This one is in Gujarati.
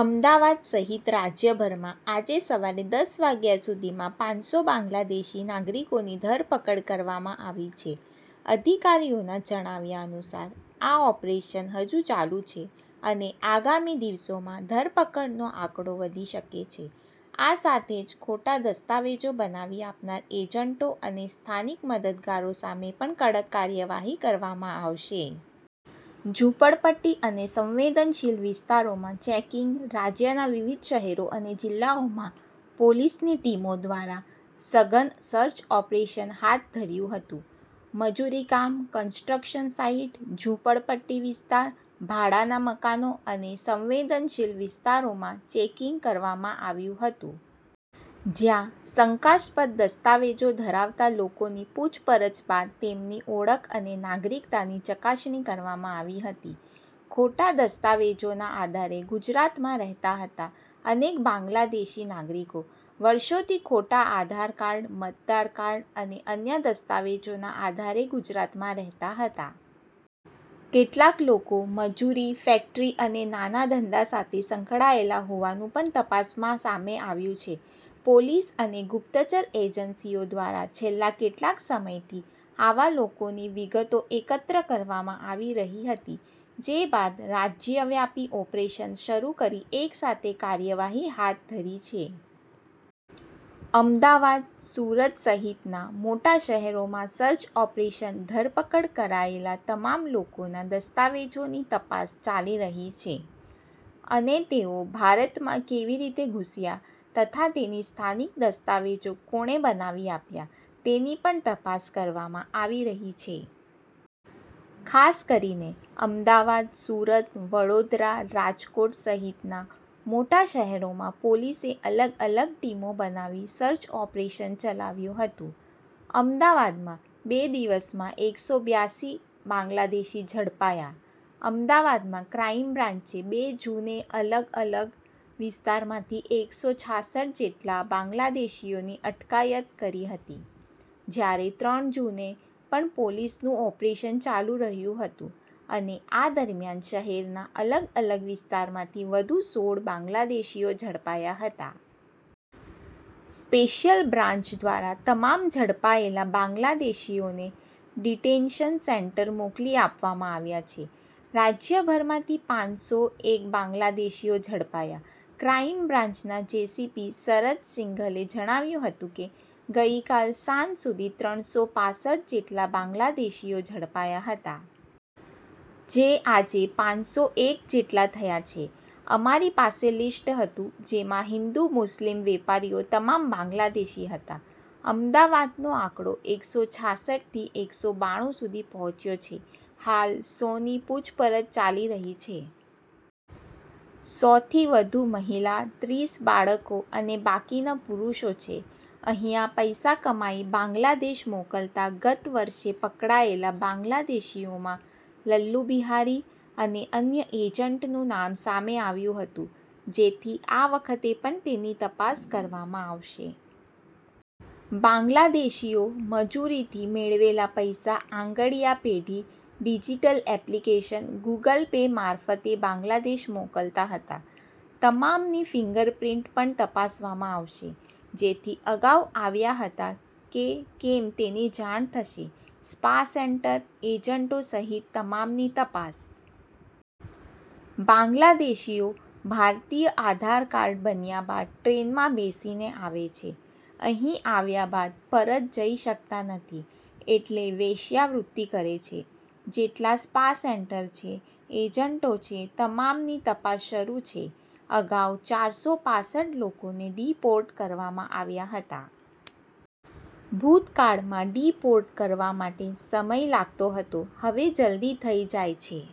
અમદાવાદ સહિત રાજ્યભરમાં આજે સવારે દસ વાગ્યા સુધીમાં પાંચસો બાંગ્લાદેશી નાગરિકોની ધરપકડ કરવામાં આવી છે. અધિકારીઓના જણાવ્યા અનુસાર આ ઓપરેશન હજુ ચાલુ છે, અને આગામી દિવસોમાં ધરપકડનો આંકડો વધી શકે છે. આ સાથે જ ખોટા દસ્તાવેજો બનાવી આપનાર એજન્ટો અને સ્થાનિક મદદગારો સામે પણ કડક કાર્યવાહી કરવામાં આવશે. ઝૂંપડપટ્ટી અને સંવેદનશીલ વિસ્તારોમાં ચેકિંગ. રાજ્યના વિવિધ શહેરો અને જિલ્લાઓમાં પોલીસની ટીમો દ્વારા સઘન સર્ચ ઓપરેશન હાથ ધર્યું હતું. મજૂરી કામ, કન્સ્ટ્રક્શન સાઈટ, ઝૂંપડપટ્ટી વિસ્તાર, ભાડાના મકાનો અને સંવેદનશીલ વિસ્તારોમાં ચેકિંગ કરવામાં આવ્યું હતું. જ્યાં શંકાસ્પદ દસ્તાવેજો ધરાવતા લોકોની પૂછપરછ બાદ તેમની ઓળખ અને નાગરિકતાની ચકાસણી કરવામાં આવી હતી. ખોટા દસ્તાવેજોના આધારે ગુજરાતમાં રહેતા હતા અનેક બાંગ્લાદેશી નાગરિકો, વર્ષોથી ખોટા આધારકાર્ડ, મતદાર કાર્ડ અને અન્ય દસ્તાવેજોના આધારે ગુજરાતમાં રહેતા હતા. કેટલાક લોકો મજૂરી, ફેક્ટરી અને નાના ધંધા સાથે સંકળાયેલા હોવાનું પણ તપાસમાં સામે આવ્યું છે. પોલીસ અને ગુપ્તચર એજન્સીઓ દ્વારા છેલ્લા કેટલાક સમયથી આવા લોકોની વિગતો એકત્ર કરવામાં આવી રહી હતી. જે બાદ રાજ્યવ્યાપી ઓપરેશન શરૂ કરી એકસાથે કાર્યવાહી હાથ ધરી છે. અમદાવાદ, સુરત સહિતના મોટા શહેરોમાં સર્ચ ઓપરેશન ધરપકડ કરાયેલા તમામ લોકોના દસ્તાવેજોની તપાસ ચાલી રહી છે, અને તેઓ ભારતમાં કેવી રીતે ઘૂસ્યા, તથા તેમને સ્થાનિક દસ્તાવેજો કોણે બનાવી આપ્યા, તેની પણ તપાસ કરવામાં આવી રહી છે. ખાસ કરીને અમદાવાદ, સુરત, વડોદરા, રાજકોટ સહિતના મોટા શહેરોમાં પોલીસે અલગ-અલગ ટીમો બનાવી સર્ચ ઓપરેશન ચલાવ્યું હતું. અમદાવાદમાં બે દિવસમાં એકસો બ્યાસી બાંગ્લાદેશી ઝડપાયા. અમદાવાદ ક્રાઈમ બ્રાન્ચે બે જૂને અલગ-અલગ વિસ્તારમાંથી એકસો છાસઠ જેટલા બાંગ્લાદેશીઓની અટકાયત કરી હતી, જ્યારે ત્રણ જૂને પણ પોલીસનું ઓપરેશન ચાલુ રહ્યું હતું, અને આ દરમિયાન શહેરના અલગ-અલગ વિસ્તારમાંથી વધુ સોળ બાંગ્લાદેશીઓ ઝડપાયા હતા. સ્પેશિયલ બ્રાન્ચ દ્વારા તમામ ઝડપાયેલા બાંગ્લાદેશીઓને ડિટેન્શન સેન્ટર મોકલી આપવામાં આવ્યા છે. રાજ્યભરમાંથી પાંચસો એક બાંગ્લાદેશીઓ ઝડપાયા. ક્રાઈમ બ્રાન્ચના જે.સી.પી. શરદ સિંઘલે જણાવ્યું હતું કે, ગઈકાલ સાંજ સુધી ત્રણસો પાસઠ જેટલા બાંગ્લાદેશીઓ ઝડપાયા હતા. જે આજે પાંચસો એક જેટલા થયા છે. અમારી પાસે લિસ્ટ હતું, જેમાં હિન્દુ, મુસ્લિમ, વેપારીઓ તમામ બાંગ્લાદેશી હતા. અમદાવાદનો આંકડો એકસો છાસઠ થી એકસો બાણું સુધી પહોંચ્યો છે. હાલ સોની પૂછપરછ ચાલી રહી છે. સો થી વધુ મહિલા, ત્રીસ બાળકો અને બાકીના પુરૂષો છે. અહીંયા પૈસા કમાઈ બાંગ્લાદેશ મોકલતા ગત વર્ષે પકડાયેલા બાંગ્લાદેશીઓમાં લલ્લુ બિહારી અને અન્ય એજન્ટનું નામ સામે આવ્યું હતું. જેથી આ વખતે પણ તેની તપાસ કરવામાં આવશે. બાંગ્લાદેશીઓ મજૂરીથી મેળવેલા પૈસા આંગડિયા પેઢી, ડિજિટલ એપ્લિકેશન, ગુગલ પે મારફતે બાંગ્લાદેશ મોકલતા હતા. તમામની ફિંગર પ્રિન્ટ પણ તપાસવામાં આવશે. જેથી અગાઉ આવ્યા હતા કે કેમ તેની જાણ થશે. સ્પા સેન્ટર, એજન્ટો સહિત તમામની તપાસ. બાંગ્લાદેશીઓ ભારતીય આધારકાર્ડ બન્યા બાદ ટ્રેનમાં બેસીને આવે છે. અહીં આવ્યા બાદ પરત જઈ શકતા નથી. એટલે વેશ્યાવૃત્તિ કરે છે. જેટલા સ્પા સેન્ટર છે, એજન્ટો છે તમામની તપાસ શરૂ છે. અગાઉ ચારસો પાસઠ લોકોને ડિપોર્ટ કરવામાં આવ્યા હતા. ભૂતકાળમાં ડિપોર્ટ કરવા માટે સમય લાગતો હતો. હવે જલદી થઈ જાય છે.